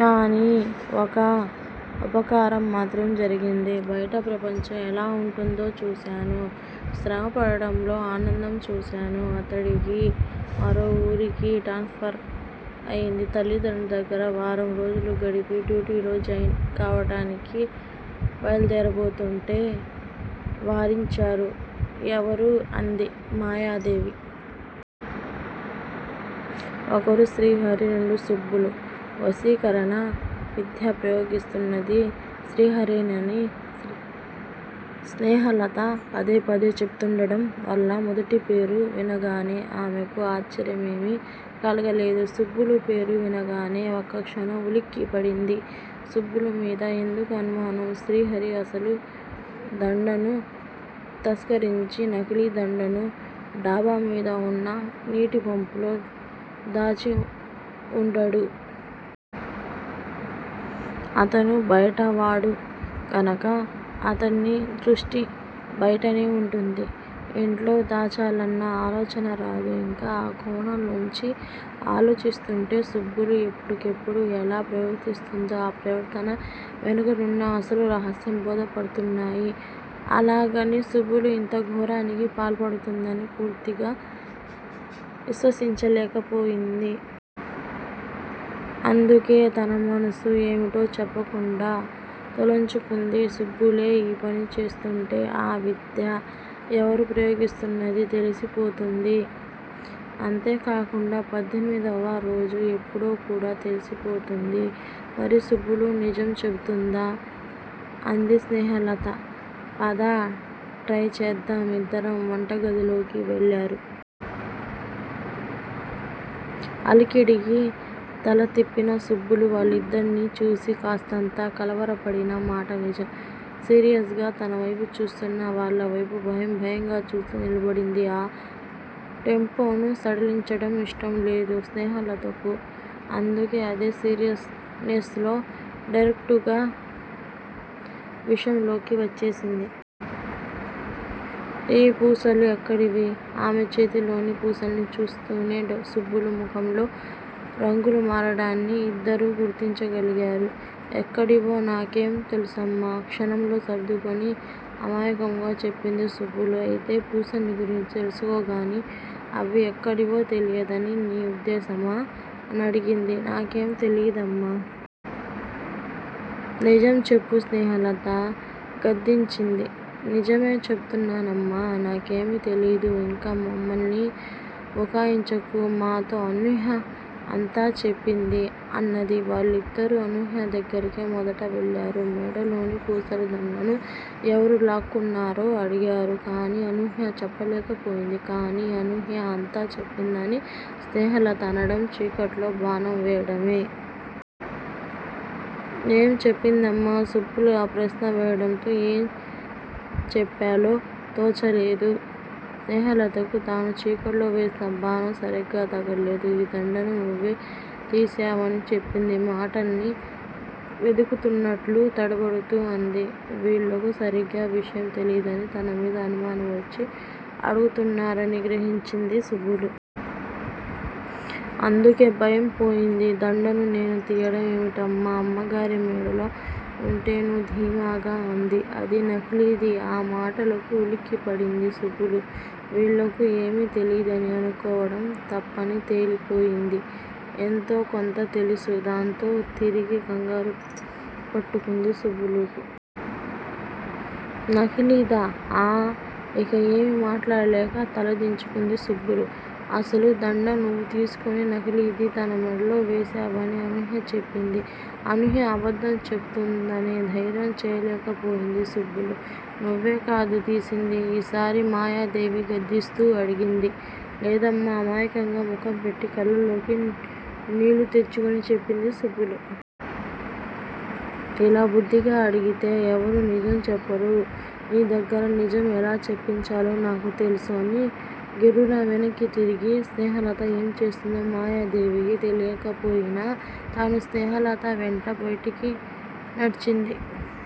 కాని, ఒక్క ఉపకారం మాత్రం జరిగింది. బయటి ప్రపంచం ఎలా వుంటుందో చూశాను. శ్రమ పడడంలో ఆనందం చూశాను. అతడికి మరో వూరికి ట్రాన్స ఫర్ అయింది. తల్లిదండ్రుల దగ్గర వారం రోజులు గడిపి, డ్యూటీలో జాయిన్ కావడానికి బయల్దేరబోతుంటే వారించారు. ఎవరు? అంది మాయాదేవి. ఒకరు శ్రీహరి, రెండు సుబ్బులు వశీకరణ విద్య ప్రయోగిస్తున్నది శ్రీహరేనని స్నేహలత పదే పదే చెబుతుండడం వల్ల మొదటిపేరు వినగానే ఆమెకు ఆశ్చర్యమేమీ కలగలేదు. సుబ్బులు పేరు వినగానే ఒక్కక్షణం ఉలిక్కి పడింది. సుబ్బులు మీద ఎందుకు అనుమానం? శ్రీహరి అసలు దండను తస్కరించి నకిలీ దండను డాబా మీద వున్న నీటి పంపులో దాచి వుండడు. అతను బయట వాడు గనుక అతని దృష్టి బయటనే వుంటుంది. ఇంట్లో దాచాలన్న ఆలోచన రాదు. ఇక ఆ కోణంలోంచి ఆలోచిస్తుంటే సుబ్బులు ఎప్పుడెప్పుడు ఎలా ప్రవర్తిస్తుందీ, ఆ ప్రవర్తన వెనకనున్న అసలు రహస్యం బోధపడుతున్నాయి. అలాగని సుబ్బులు ఇంత ఘోరానికి పాల్పడుతుందని పూర్తిగా విశ్వసించ లేకపోఇంది. అందుకే తన మనసు ఏమిటో చెప్పకుండా తలొంచుకుంది. సుబ్బులే ఈ పని చేస్తూంటే ఆ విద్య ఎవరు ప్రయోగిస్తున్నదీ తెలిసి పోతుంది. అంతే కాకుండా పద్దెనిమిదవ రోజు ఎప్పుడో కూడా తెలిసిపోతుంది. మరి సుబ్బులు నిజం చెబుతుందా? అంది స్నేహలత. పద- ట్రై చేద్దాం ఇద్దరం వంట గదిలోకి వెళ్ళారు. అలికిడికి తల తిప్పిన సుబ్బులు వాళ్ళిద్దర్నీ చూసి కాస్తంత కలవరపడిన మాట నిజం. సీరియస్ గా తన వైపు చూస్తున్న వాళ్ళ వైపు భయం- భయంగా చూస్తూ నిలబడింది. ఆ టెంపోను సడలించడం ఇష్టం లేదు స్నేహలతకు. అందుకే అదే సీరియస్ నెస్ లో డైరెక్టుగా విషయంలోకి వచ్చేసింది. ఈ పూసలు ఎక్కడివి? ఆమె చేతిలోని పూసల్ని చూస్తూనే సుబ్బులు ముఖంలో రంగులు మారడాన్ని ఇద్దరూ గుర్తించగలిగారు. ఎక్కడివో నాకేం తెలుసమ్మా? క్షణంలో సర్దుకుని అమాయకంగా చెప్పింది సుబ్బులు. అయితే పూసల్ని గురించి తెలుసుగానీ, అవి ఎక్కడివో తెలియదని నీ ఉద్దేశ్యమా? అనడిగింది. నాకేం తెలియదమ్మా! నిజం చెప్పు స్నేహలత గద్దించింది. నిజమే చెబుతున్నానమ్మా- నాకేమీ తెలియదు ఇంకా మమ్మల్ని బుకాయించకు మాతో అనూహ్య అంతా చెప్పింది అన్నది. వాళ్ళిద్దరూ అనూహ్య దగ్గరకే మొదట వెళ్ళారు. మెడలోని పూసల దండను ఎవరు లాక్కున్నారో అడిగారు. కానీ అనూహ్య చెప్పలేక పోయింది. కానీ అనూహ్య అంతా చెప్పిందని స్నేహలత అనడం చీకట్లో బాణం వేయడమే. ఏం చెప్పిందమ్మా! సుబ్బులు ఆ ప్రశ్న వేయడంతో ఏం చెప్పాలో తోచలేదు స్నేహలతకు. తాను చీకట్లో వేసిన బాణం సరిగ్గా తగల్లేదు. ఈ దండను నువ్వే తీశావని చెప్పింది మాటల్ని వెదుకుతున్నట్లు తడబడుతూ అంది. వీళ్ళకు సరిగ్గా విషయం తెలియదని, తనమీద అనుమానం వచ్చి అడుగుతున్నారని గ్రహించింది సుబ్బులు. అందుకే భయం పోయింది. దండను నేను తీయడం ఏమిటమ్మా- అమ్మగారి మెడలో ఉంటేనూ ధీమాగా అంది. అది నకిలీది ఆ మాటలకు ఉలిక్కి పడింది సుబ్బులు. వీళ్ళకు ఏమీ తెలియదని అనుకోవడం తప్పని తేలిపోయింది. ఎంతో కొంత తెల్సు. దాంతో తిరిగి కంగారు పట్టుకుంది సుబ్బులుకు. నకిలీదా? ఆఁ! ఇక ఏమీ మాట్లాడలేక తల దించుకుంది సుబ్బులు. అసలు దండ నువ్వు తీసుకుని నకిలీది తన మెడలో వేశావనే అనూహ్య చెప్పింది అనూహ్య అబద్ధం చెబుతోందనే ధైర్యం చేయలేక పోయింది సుబ్బులు. నువ్వే కదూ తీసింది ఈసారి మాయాదేవి గద్దిస్తూ అడిగింది. లేదమ్మా అమాయకంగా ముఖం పెట్టి కళ్ళలోకి నీళ్ళు తెచ్చుకొని చెప్పింది సుబ్బులు. ఇలా బుద్ధిగా అడిగితే ఎవరూ నిజం చెప్పరు. నీ దగ్గర నిజం ఎలా చెప్పించాలో నాకు తెలుసు అని గిర్రున వెనక్కి తిరిగింది స్నేహలత. ఏం చేస్తుందో మాయాదేవికి తెలియకపోయినా తనూ స్నేహలత వెంట బయటికి నడిచింది.